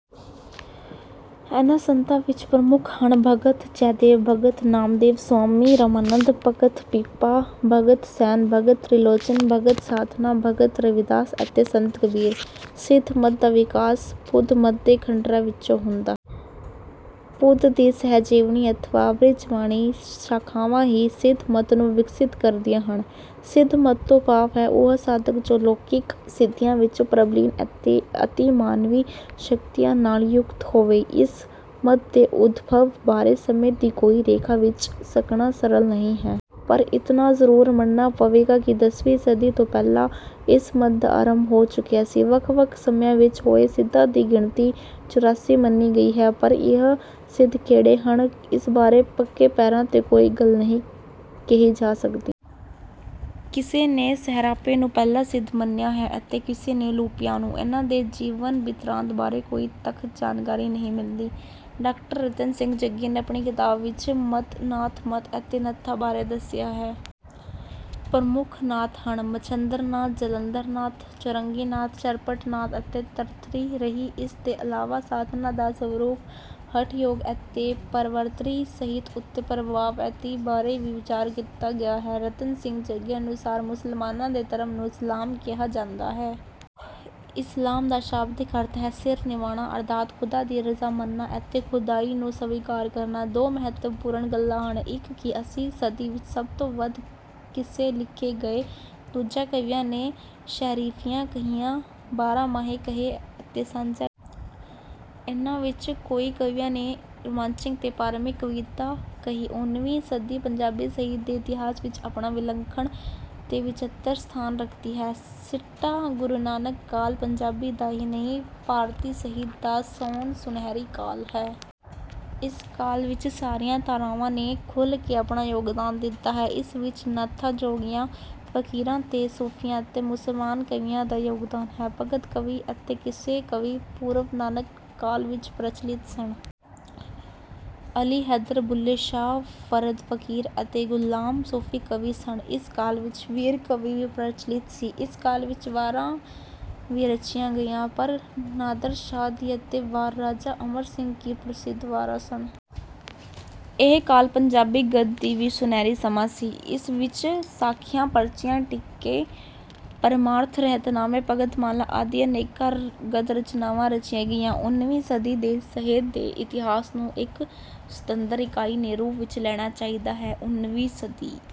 ਇਨ੍ਹਾਂ ਸੰਤਾਂ ਵਿੱਚ ਪ੍ਰਮੁੱਖ ਹਨ—ਭਗਤ ਜੈਦੇਵ, ਭਗਤ ਨਾਮਦੇਵ, ਸੁਆਮੀ ਰਾਮਾਨੰਦ, ਭਗਤ ਪੀਪਾ, ਭਗਤ ਸੈਣ, ਭਗਤ ਤ੍ਰਿਲੋਚਨ, ਭਗਤ ਸਧਨਾ, ਭਗਤ ਰਵਿਦਾਸ ਅਤੇ ਸੰਤ ਕਬੀਰ। ਸਿੱਧ ਮੱਤ ਦਾ ਵਿਕਾਸ ਬੁੱਧ ਮੱਤ ਦੇ ਖੰਡਰਾਂ ਵਿੱਚੋਂ ਹੁੰਦਾ ਹੈ। ਬੁੱਧ ਦੀ ਸਹਿਜਯਾਨੀ ਅਥਵਾ ਵਜ੍ਰਯਾਨੀ ਸ਼ਾਖਾਵਾਂ ਹੀ ਸਿੱਧ ਮੱਤ ਨੂੰ ਵਿਕਸਿਤ ਕਰਦੀਆਂ ਹਨ। ਸਿੱਧ ਮੱਤ ਤੋਂ ਭਾਵ ਹੈ—ਉਹ ਸਾਧਕ ਜੋ ਲੌਕਿਕ ਸਿੱਧੀਆਂ ਵਿੱਚ ਪ੍ਰਬੀਨ ਅਤੇ ਅਤਿ-ਮਾਨਵੀ ਸ਼ਕਤੀਆਂ ਨਾਲ ਯੁਕਤ ਹੋਵੇ। ਇਸ ਮੱਤ ਦੇ ਉਦਭਵ ਬਾਰੇ ਸਮੇਂ ਦੀ ਕੋਈ ਰੇਖਾ ਖਿੱਚ ਸਕਣਾ ਸਰਲ ਨਹੀਂ ਹੈ। ਪਰ ਇਤਨਾ ਜ਼ਰੂਰ ਮੰਨਣਾ ਪਵੇਗਾ ਕਿ ਦਸਵੀਂ ਸਦੀ ਤੋਂ ਪਹਿਲਾਂ ਇਸ ਮੱਤ ਦਾ ਆਰੰਭ ਹੋ ਚੁੱਕਿਆ ਸੀ। ਵੱਖ-ਵੱਖ ਸਮਿਆਂ ਵਿੱਚ ਹੋਏ ਸਿੱਧਾਂ ਦੀ ਗਿਣਤੀ ਚੁਰਾਸੀ ਮੰਨੀ ਗਈ ਹੈ। ਪਰ ਇਹ ਸਿੱਧ ਕਿਹੜੇ ਹਨ, ਇਸ ਬਾਰੇ ਪੱਕੇ ਪੈਰਾਂ ’ਤੇ ਕੋਈ ਗੱਲ ਨਹੀਂ ਕਹੀ ਜਾ ਸਕਦੀ। ਕਿਸੇ ਨੇ ਸਰਹਪਾ ਨੂੰ ਪਹਿਲਾ ਸਿੱਧ ਮੰਨਿਆ ਹੈ ਅਤੇ ਕਿਸੇ ਨੇ ਲੂਇਪਾ ਨੂੰ। ਇਨ੍ਹਾਂ ਦੇ ਜੀਵਨ-ਬਿਰਤਾਂਤ ਬਾਰੇ ਕੋਈ ਤੱਥਕ ਜਾਣਕਾਰੀ ਨਹੀਂ ਮਿਲਦੀ। ਡਾਕਟਰ ਰਤਨ ਸਿੰਘ ਜੱਗੀ ਨੇ ਆਪਣੀ ਕਿਤਾਬ ਵਿੱਚ ਸਿੱਧ ਮੱਤ, ਨਾਥ ਮੱਤ ਅਤੇ ਨਾਥਾਂ ਬਾਰੇ ਦੱਸਿਆ ਹੈ। ਪ੍ਰਮੁੱਖ ਨਾਥ ਹਨ—ਮਛੰਦਰ ਨਾਥ, ਜਲੰਧਰ ਨਾਥ, ਚੌਰੰਗੀਨਾਥ, ਚਰਪਟ ਨਾਥ ਅਤੇ ਭਰਥਰੀ ਹਰੀ। ਇਸ ਤੋਂ ਇਲਾਵਾ ਸਾਧਨਾ ਦਾ ਸਰੂਪ, ਹਠ ਯੋਗ ਅਤੇ ਪਰਵਰਤੀ ਸਾਹਿਤ ਉੱਤੇ ਪ੍ਰਭਾਵ ਆਦਿ ਬਾਰੇ ਵੀ ਵਿਚਾਰ ਕੀਤਾ ਗਿਆ ਹੈ। ਰਤਨ ਸਿੰਘ ਜੱਗੀ ਅਨੁਸਾਰ, ਮੁਸਲਮਾਨਾਂ ਦੇ ਧਰਮ ਨੂੰ ਇਸਲਾਮ ਕਿਹਾ ਜਾਂਦਾ ਹੈ। ਇਸਲਾਮ ਦਾ ਸ਼ਾਬਦਿਕ ਅਰਥ ਹੈ—ਸਿਰ ਨਿਵਾਉਣਾ, ਅਰਥਾਤ ਖ਼ੁਦਾ ਦੀ ਰਜ਼ਾ ਮੰਨਣਾ ਅਤੇ ਖ਼ੁਦਾਈ ਨੂੰ ਸਵੀਕਾਰ ਕਰਨਾ। ਦੋ ਮਹੱਤਵਪੂਰਨ ਗੱਲਾਂ ਹਨ। ਇੱਕ ਕਿ ਇਸ ਸਦੀ ਵਿੱਚ ਸਭ ਤੋਂ ਵੱਧ ਕਿੱਸੇ ਲਿਖੇ ਗਏ। ਦੂਜਾ, ਕਵੀਆਂ ਨੇ ਸ਼ੀਹਰਫ਼ੀਆਂ ਕਹੀਆਂ, ਬਾਰਾਂਮਾਹੇ ਕਹੇ ਅਤੇ ਮਾਝਾਂ ਕਹੀਆਂ। ਇਨ੍ਹਾਂ ਵਿੱਚੋਂ ਕਈ ਕਵੀਆਂ ਨੇ ਰੋਮਾਂਚਿਕ ਤੇ ਧਾਰਮਿਕ ਕਵਿਤਾ ਕਹੀ। ਉਨ੍ਹੀਵੀਂ ਸਦੀ ਪੰਜਾਬੀ ਸਾਹਿਤ ਦੇ ਇਤਿਹਾਸ ਵਿੱਚ ਆਪਣਾ ਵਿਲੱਖਣ ਤੇ ਵਚਿੱਤਰ ਸਥਾਨ ਰੱਖਦੀ ਹੈ। ਸਿੱਟਾ: ਗੁਰੂ ਨਾਨਕ ਕਾਲ ਪੰਜਾਬੀ ਦਾ ਹੀ ਨਹੀਂ, ਭਾਰਤੀ ਸਾਹਿਤ ਦਾ ਸੋਨ-ਸੁਨਹਿਰੀ ਕਾਲ ਹੈ। ਇਸ ਕਾਲ ਵਿੱਚ ਸਾਰੀਆਂ ਧਾਰਾਵਾਂ ਨੇ ਖੁੱਲ੍ਹ ਕੇ ਆਪਣਾ ਯੋਗਦਾਨ ਦਿੱਤਾ ਹੈ। ਇਸ ਵਿੱਚ ਨਾਥਾਂ, ਜੋਗੀਆਂ, ਫ਼ਕੀਰਾਂ ਤੇ ਸੂਫ਼ੀਆਂ ਅਤੇ ਮੁਸਲਮਾਨ ਕਵੀਆਂ ਦਾ ਯੋਗਦਾਨ ਹੈ। ਭਗਤ ਕਵੀ ਅਤੇ ਕਿੱਸਾ ਕਵੀ ਪੂਰਵ-ਨਾਨਕ ਕਾਲ ਵਿੱਚ ਪ੍ਰਚਲਿਤ ਸਨ। ਅਲੀ ਹੈਦਰ, ਬੁੱਲ੍ਹੇ ਸ਼ਾਹ, ਫ਼ਰਦ ਫ਼ਕੀਰ ਅਤੇ ਗੁਲਾਮ ਸੂਫ਼ੀ ਕਵੀ ਸਨ। ਇਸ ਕਾਲ ਵਿੱਚ ਵੀਰ-ਕਾਵਿ ਵੀ ਪ੍ਰਚਲਿਤ ਸੀ। ਇਸ ਕਾਲ ਵਿੱਚ ਵਾਰਾਂ ਵੀ ਰਚੀਆਂ ਗਈਆਂ। ‘ਵਾਰ ਨਾਦਰ ਸ਼ਾਹ ਦੀ’ ਅਤੇ ‘ਵਾਰ ਰਾਜਾ ਅਮਰ ਸਿੰਘ ਕੀ’ ਪ੍ਰਸਿੱਧ ਵਾਰਾਂ ਸਨ। ਇਹ ਕਾਲ ਪੰਜਾਬੀ ਗੱਦ ਦਾ ਵੀ ਸੁਨਹਿਰੀ ਸਮਾਂ ਸੀ। ਇਸ ਵਿੱਚ ਸਾਖੀਆਂ, ਪਰਚੀਆਂ, ਟੀਕੇ, ਪਰਮਾਰਥ, ਰਹਿਤਨਾਮੇ, ਭਗਤਮਾਲਾਂ ਆਦਿ ਅਨੇਕਾਂ ਗੱਦ-ਰਚਨਾਵਾਂ ਰਚੀਆਂ ਗਈਆਂ। ਉਨ੍ਹੀਵੀਂ ਸਦੀ ਦੇ ਸਾਹਿਤ ਦੇ ਇਤਿਹਾਸ ਨੂੰ ਇੱਕ ਸੁਤੰਤਰ ਇਕਾਈ ਦੇ ਰੂਪ ਵਿੱਚ ਲੈਣਾ ਚਾਹੀਦਾ ਹੈ। ਉਨ੍ਹੀਵੀਂ ਸਦੀ...